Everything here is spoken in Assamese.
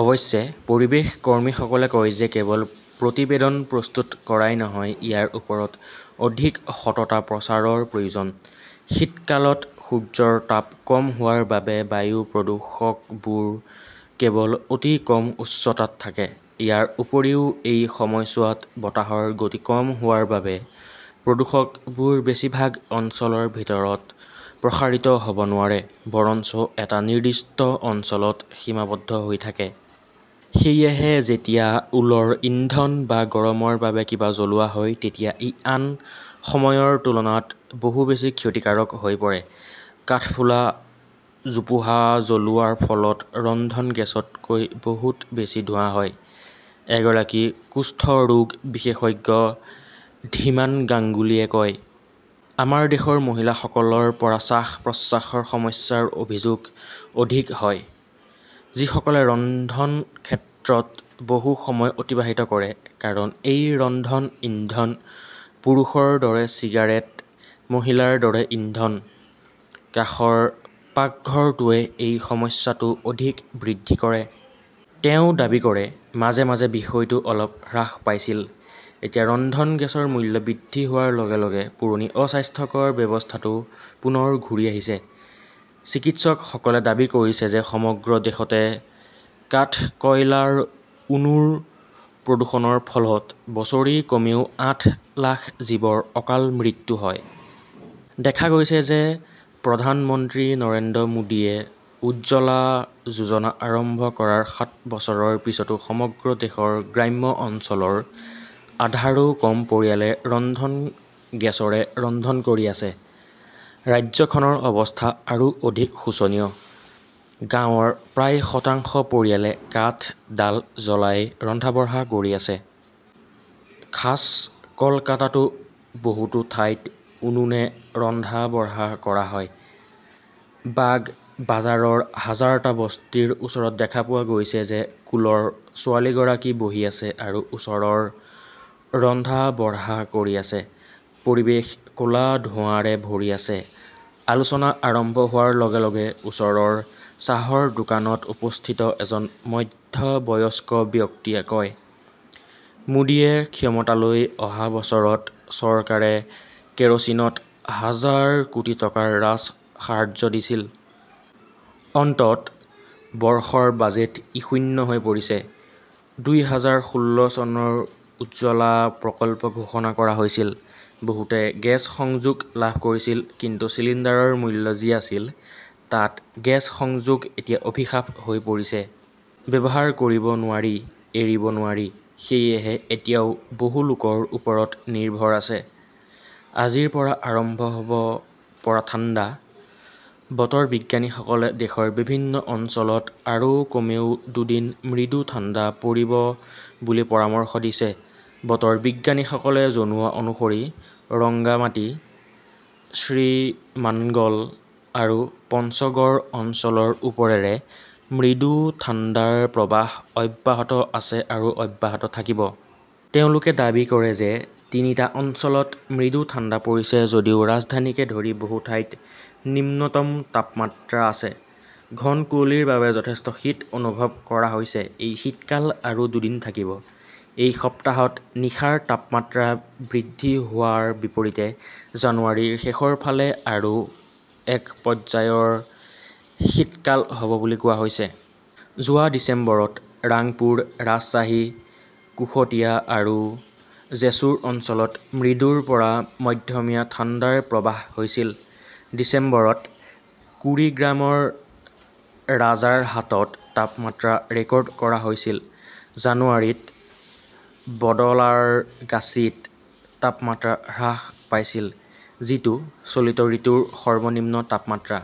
অৱশ্যে, পৰিৱেশ কৰ্মীসকলে কয় যে কেৱল প্ৰতিবেদন প্ৰস্তুত কৰাই নহয়, ইয়াৰ ওপৰত অধিক সততা প্ৰচাৰৰ প্ৰয়োজন। শীতকালত সূৰ্যৰ তাপ কম হোৱাৰ বাবে বায়ু প্ৰদূষকবোৰ কেৱল অতি কম উচ্চতাত থাকে। ইয়াৰ উপৰিও, এই সময়ছোৱাত বতাহৰ গতি কম হোৱাৰ বাবে, প্ৰদূষকবোৰ বেছিভাগ অঞ্চলৰ ভিতৰত প্ৰসাৰিত হ'ব নোৱাৰে বৰঞ্চ এটা নিৰ্দিষ্ট অঞ্চলত সীমাবদ্ধ হৈ থাকে। সেয়েহে যেতিয়া উলৰ ইন্ধন বা গৰমৰ বাবে কিবা জ্বলোৱা হয় তেতিয়া ই আন সময়ৰ তুলনাত বহু বেছি ক্ষতিকাৰক হৈ পৰে। কাঠফুলা, জোপোহা জ্বলোৱাৰ ফলত ৰন্ধন গেছতকৈ বহুত বেছি ধোঁৱা হয়, এগৰাকী কুষ্ঠ ৰোগ বিশেষজ্ঞ ধীমান গাংগুলীয়ে কয়। আমাৰ দেশৰ মহিলাসকলৰ পৰা শ্বাস-প্ৰশ্বাসৰ সমস্যাৰ অভিযোগ অধিক হয়, যিসকলে ৰন্ধন ক্ষেত্ৰত বহু সময় অতিবাহিত কৰে ।কাৰণ এই ৰন্ধন ইন্ধন পুৰুষৰ দৰে চিগাৰেট, মহিলাৰ দৰে ইন্ধন। কাষৰ পাকঘৰটোৱে এই সমস্যাটো অধিক বৃদ্ধি কৰে। তেওঁ দাবী কৰে, মাজে মাজে বিষয়টো অলপ হ্ৰাস পাইছিল। এতিয়া ৰন্ধন গেছৰ মূল্য বৃদ্ধি হোৱাৰ লগে লগে পুৰণি, অস্বাস্থ্যকৰ ব্যৱস্থাটো পুনৰ ঘূৰি আহিছে। চিকিৎসকসকলে দাবী কৰিছে যে, সমগ্ৰ দেশতে কাঠকয়লাৰ উনুৰ প্ৰদূষণৰ ফলত বছৰি কমেও আঠ লাখ জীৱৰ অকাল মৃত্যু হয়। দেখা গৈছে যে, প্ৰধানমন্ত্ৰী নৰেন্দ্ৰ মোদীয়ে উজ্জ্বলা যোজনা আৰম্ভ কৰাৰ সাত বছৰৰ পিছতো সমগ্ৰ দেশৰ গ্ৰাম্য অঞ্চলৰ আধাৰো কম পৰিয়ালে ৰন্ধন গেছৰে ৰন্ধন কৰি আছে। ৰাজ্যখনৰ অৱস্থা আৰু অধিক শোচনীয়। গাঁৱৰ প্ৰায় শতাংশ পৰিয়ালে কাঠ, ডাল জ্বলাই ৰন্ধা-বঢ়া কৰি আছে। খাছ কলকাতাতো বহুতো ঠাইত উনুনে ৰন্ধা-বঢ়া কৰা হয়। বাগবাজাৰৰ হাজাৰটা বস্তিৰ ওচৰত দেখা পোৱা গৈছিল যে,‌‌ কোলৰ ছোৱালীগৰাকী বহি আছে আৰু ওচৰৰ ৰন্ধা-বঢ়া কৰি আছে। পৰিৱেশ কলা ধোঁৱাৰে ভৰি আছে। আলোচনা আৰম্ভ হোৱাৰ লগে লগে ওচৰৰ চাহৰ দোকানত উপস্থিত এজন মধ্যবয়স্ক ব্যক্তিয়ে কয়, "মোদীয়ে ক্ষমতালৈ অহা বছৰত চৰকাৰে কেৰচিনত হাজাৰ কোটি টকাৰ ৰাজসাহায্য দিছিল। অন্ততঃ -' বৰ্ষৰ বাজেটত ই শূন্য হৈ পৰিছে। দুই হাজাৰ ষোল্ল চনত উজ্জ্বলা প্ৰকল্প ঘোষণা কৰা হৈছিল। বহুতে গেছ সংযোগ লাভ কৰিছিল। কিন্তু চিলিণ্ডাৰৰ মূল্য যি আছিল, তাত গেছ সংযোগ এতিয়া অভিশাপ হৈ পৰিছে। ব্যৱহাৰ কৰিব নোৱাৰি, এৰিব নোৱাৰি! সেয়েহে এতিয়াও বহু লোকৰ ওপৰত নিৰ্ভৰ আছে। আজিৰ পৰা আৰম্ভ হ'ব পৰা ঠাণ্ডা বতৰ বিজ্ঞানীসকলে দেশৰ বিভিন্ন অঞ্চলত আৰু কমেও দুদিন মৃদু ঠাণ্ডা পৰিব বুলি পৰামৰ্শ দিছে। বতৰ বিজ্ঞানীসকলে জনোৱা অনুসৰি ৰংগামাটি, শ্ৰীমান্গল আৰু পঞ্চগড় অঞ্চলৰ ওপৰেৰে মৃদু ঠাণ্ডাৰ প্ৰৱাহ অব্যাহত আছে আৰু অব্যাহত থাকিব। তেওঁলোকে দাবী কৰে যে তিনিটা অঞ্চলত মৃদু ঠাণ্ডা পৰিছে। যদিও ৰাজধানীকে ধৰি বহু ঠাইত নিম্নতম তাপমাত্ৰা আছে, ঘন কুঁৱলীৰ বাবে যথেষ্ট শীত অনুভৱ কৰা হৈছে। এই শীতকাল আৰু দুদিন থাকিব। এই সপ্তাহত নিশাৰ তাপমাত্ৰা বৃদ্ধি হোৱাৰ বিপৰীতে জানুৱাৰীৰ শেষৰ ফালে আৰু এক পৰ্যায়ৰ শীতকাল হ'ব বুলি কোৱা হৈছে। যোৱা ডিচেম্বৰত ৰাংপুৰ, ৰাজশ্বাহী, কুশটিয়া আৰু জেছোৰ অঞ্চলত মৃদুৰ পৰা মধ্যমীয়া ঠাণ্ডাৰ প্ৰৱাহ হৈছিল। ডিচেম্বৰত কুৰিগ্ৰামৰ ৰাজাৰহাটত তাপমাত্ৰা ৰেকৰ্ড কৰা হৈছিল। জানুৱাৰীত বদলাৰগাচীত তাপমাত্ৰা হ্ৰাস পাইছিল, যিটো চলিত ঋতুৰ সৰ্বনিম্ন তাপমাত্ৰা।